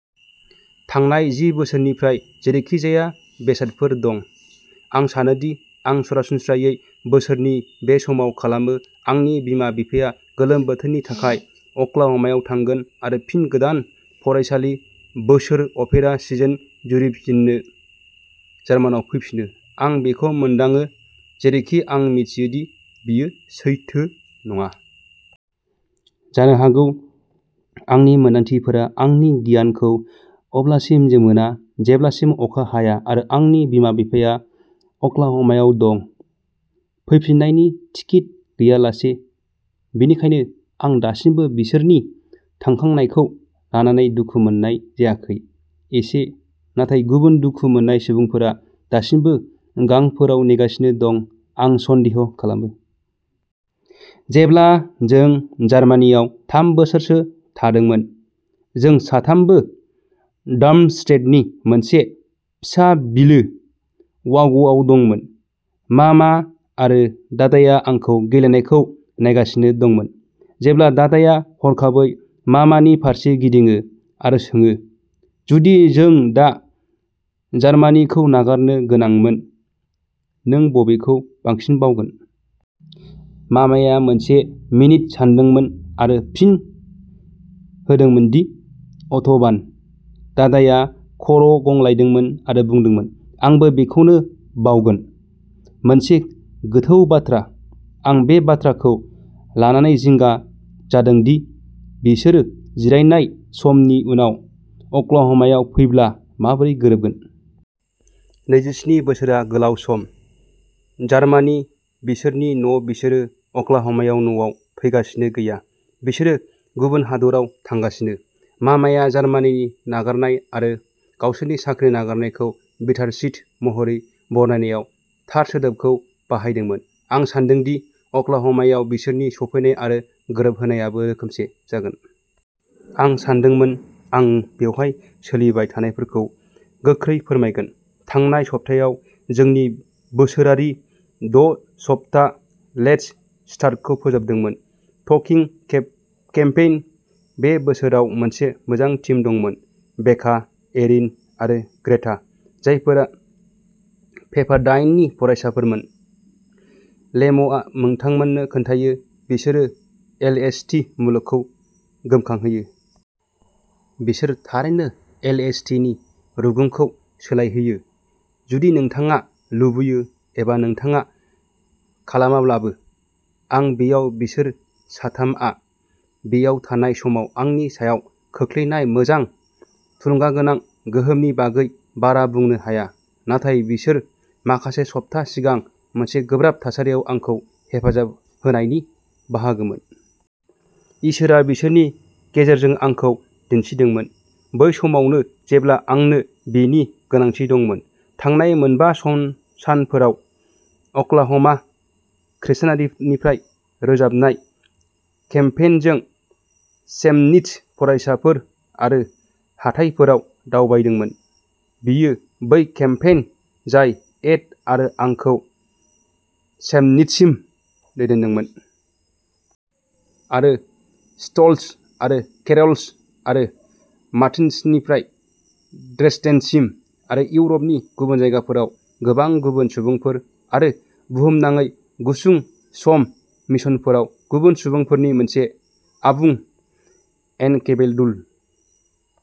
थांनाय जि बोसोरनिफ्राय जेरैखिजाया बेसादफोर दं। आं सानोदि आं सरासनस्रायै बोसोरनि बे समाव खालामो आंनि बिमा-बिफाया गोलोम बोथोरनि थाखाय अक्लाह'मायाव थांगोन आरो फिन गोदान फरायसालि बोसोर अपेरा सिजोन जुरिफिननो जार्मानियाव फैफिनो। आं बेखौ मोनदाङो, जेरैखि आं मिथियो दि बेयो सैथो नङा। जानो हागौ, आंनि मोन्दांथिफोरा आंनि गियानखौ अब्लासिम मोना जेब्लासिम अखा हाया आरो आंनि बिमा-बिफाया अक्लाह'मायाव दं, फैफिननायनि टिकेट गैयालासे। बेनिखायनो, आं दासिमबो बिसोरनि थांखांनायखौ लानानै दुखु मोननाय जायाखै। एसे, नाथाय गुबुन दुखु मोननाय सुबुंफोरा दासिमबो गांफोराव नेगासिनो दं, आं सन्देह खालामो। जेब्ला जों जार्मानियाव थाम बोसोरसो थादोंमोन, जों साथामबो डार्मस्टेडनि मोनसे फिसा बिलो, वाग'आव दंमोन। मामा आरो दादाया आंखौ गेलेनायखौ नायगासिनो दंमोन, जेब्ला दादाया हरखाबै मामानि फारसे गिदिङो आरो सोङो, जुदि जों दा जार्मानिखौ नागारनो गोनांमोन, नों बबेखौ बांसिन बावगोन? मामाया मोनसे मिनिट सानदोंमोन आरो फिन होदोंमोन दि अट'बान। दादाया खर' गंग्लायदोंमोन आरो बुंदोंमोन, आंबो बेखौनो बावगोन। मोनसे गोथौ बाथ्रा, आं बे बाथ्राखौ लानानै जिंगा जादों दि बिसोरो जिरायनाय समनि उनाव अक्लाहमायाव फैब्ला माबोरै गोरोबगोन। नैजिस्नि बोसोरआ गोलाव सम। जार्मानि बिसोरनि न' बिसोरो अक्लाहमायाव न'आव फैगासिनो गैया बिसोरो गुबुन हादोराव थांगासिनो। मामाया जार्मानिनि नागारनाय आरो गावसोरनि साख्रि नागारनायखौ बिटारस्विट महरै बरनायनायाव थार सोदोबखौ बाहायदोंमोन। आं सान्दों दि अक्लाहमायाव बिसोरनि सफैनाय आरो गोरोबहोनायाबो रोखोमसे जागोन। आं सानदोंमोन आं बेवहाय सोलिबाय थानायफोरखौ गोख्रै फोरमायगोन। थांनाय सप्तायाव, जोंनि बोसोरारि द’ सप्ता लेट्स स्टार्टखौ फोजोबदोंमोन। ट'किं केम्पेइन। बे बोसोराव मोनसे मोजां टिम दंमोन बेका, एरिन आरो ग्रेटा, जायफोरा पेपारडाइननि फरायसाफोरमोन। लेमआ नोंथांमोननो खोन्थायो, बिसोरो एलएसटी मुलुगखौ गोमखांहोयो। बिसोर थारैनो एलएसटीनि रुगुंखौ सोलायहोयो, जुदि नोंथाङा लुबैयो एबा नोंथाङा खालामाब्लाबो। आं बेयाव बिसोर साथामआ बेयाव थानाय समाव आंनि सायाव खोख्लैनाय मोजां, थुलुंगागोनां गोहोमनि बागै बारा बुंनो हाया। नाथाय बिसोर माखासे सप्ता सिगां मोनसे गोब्राब थासारियाव आंखौ हेफाजाब होनायनि बाहागोमोन। इसोरआ बिसोरनि गेजेरजों आंखौ दिन्थिदोंमोन, बै समावनो जेब्ला आंनो बेनि गोनांथि दंमोन। थांनाय मोनबा सन सानफोराव, अक्लाह'मा क्रिस्नानिफ्राय रोजाबनाय केम्पेइनजों चेमनिट्ज फरायसाफोर आरो हाथाइफोराव दावबायदोंमोन। बेयो बै केम्पेइन जाय एड आरो आंखौ चेमनिट्जसिम दैदेनदोंमोन। आरो स्ट'ल्ट्स आरो केर'ल्स आरो मार्टिन्सनिफ्राय ड्रेसडेनसिम। आरो इउरपनि गुबुन जायगाफोराव गोबां गुबुन सुबुंफोर आरो बुहुमनाङै गुसुं सम मिशनफोराव गुबुन सुबुंफोरनि मोनसे आबुंएनकेब'डुल।